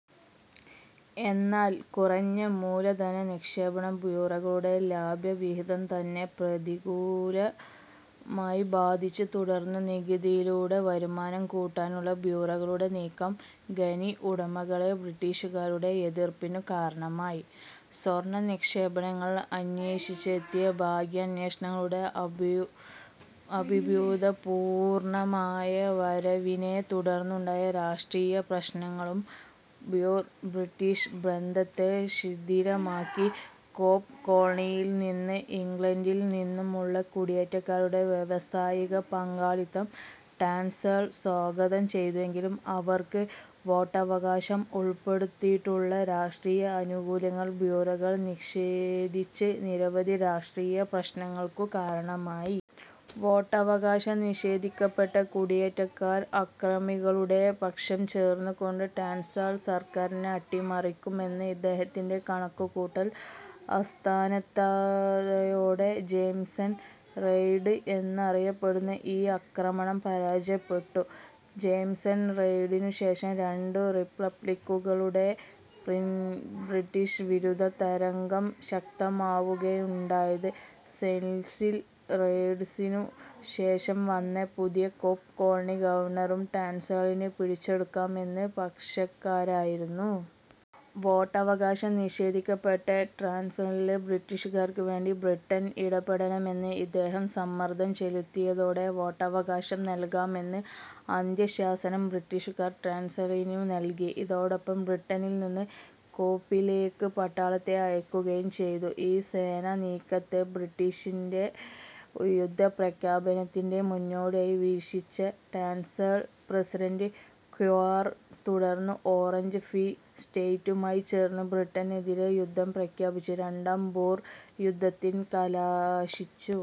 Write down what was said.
എന്നാൽ കുറഞ്ഞ മൂലധന നിക്ഷേപം ബൂറുകളുടെ ലാഭവിഹിതത്തെ പ്രതികൂലമായി ബാധിച്ചു. തുടർന്ന് നികുതിയിലൂടെ വരുമാനം കൂട്ടാനുള്ള ബൂറുകളുടെ നീക്കം ഖനിഉടമകളായ ബ്രിട്ടീഷുകാരുടെ എതിർപ്പിനു കാരണമായി. സ്വർണനിക്ഷേപങ്ങൾ അന്വേഷിച്ചെത്തിയ ഭാഗ്യാന്വേഷികളുടെ അഭൂതപൂർവമായ വരവിനെ തുടർന്നുണ്ടായ രാഷ്ട്രീയ പ്രശ്നങ്ങളും ബൂർ-ബ്രിട്ടിഷ് ബന്ധത്തെ ശിഥിലമാക്കി. കേപ് കോളനിയിൽനിന്നും ഇംഗ്ളണ്ടിൽനിന്നുമുള്ള കുടിയേറ്റക്കാരുടെ വ്യാവസായിക പങ്കാളിത്തം ട്രാൻസ്വാൾ സ്വാഗതം ചെയ്തെങ്കിലും അവർക്ക് വോട്ടവകാശം ഉൾപ്പെടെയുള്ള രാഷ്ട്രീയ ആനുകൂല്യങ്ങൾ ബൂറുകൾ നിഷേധിച്ചത് നിരവധി രാഷ്ട്രീയ പ്രശ്നങ്ങൾക്കു കാരണമായി. വോട്ടവകാശം നിഷേധിക്കപ്പെട്ട കുടിയേറ്റക്കാർ അക്രമികളുടെ പക്ഷം ചേർന്നുകൊണ്ട് ട്രാൻസ്വാൾ സർക്കാരിനെ അട്ടിമറിക്കുമെന്ന ഇദ്ദേഹത്തിന്റെ കണക്കുകൂട്ടൽ അസ്ഥാനത്തായതോടെ 'ജയിംസൺ റെയ്ഡ്' എന്നറിയപ്പെട്ട ഈ ആക്രമണം പരാജയപ്പെട്ടു. ജയിംസൺ റെയ്ഡിനുശേഷം രണ്ടു റിപ്പബ്ളിക്കുകളിലും ബ്രിട്ടിഷ് വിരുദ്ധ തരംഗം ശക്തമാവുകയാണുണ്ടായത്. സെസിൽ റോഡ്സിനു ശേഷം വന്ന പുതിയ കേപ് കോളനി ഗവർണറും ട്രാൻസ്വാളിനെ പിടിച്ചെടുക്കണമെന്ന പക്ഷക്കാരനായിരുന്നു. വോട്ടവകാശം നിഷേധിക്കപ്പെട്ട ട്രാൻസ്വാളിലെ ബ്രിട്ടീഷുകാർക്കുവേണ്ടി ബ്രിട്ടൻ ഇടപെടണമെന്ന് ഇദ്ദേഹം സമ്മർദം ചെലുത്തിയതോടെ വോട്ടവകാശം നല്കണമെന്ന അന്ത്യശാസനം ബ്രിട്ടീഷുകാർ ട്രാൻസ്വാളിനു നല്കി. ഇതോടൊപ്പം ബ്രിട്ടനിൽനിന്ന് കേപ്പിലേക്ക് പട്ടാളത്തെ അയയ്ക്കുകയും ചെയ്തു. ഈ സേനാ നീക്കത്തെ ബ്രിട്ടന്റെ യുദ്ധപ്രഖ്യാപനത്തിന്റെ മുന്നോടിയായി വീക്ഷിച്ച ട്രാൻസ്വാൾ പ്രസിഡന്റ് ക്രൂഗർ തുടർന്ന് ഓറഞ്ച് ഫ്രീ സ്റ്റേറ്റുമായി ചേർന്ന് ബ്രിട്ടനെതിരെ യുദ്ധം പ്രഖ്യാപിച്ചത് രണ്ടാം ബൂർ യുദ്ധത്തിൽ കലാശിച്ചു.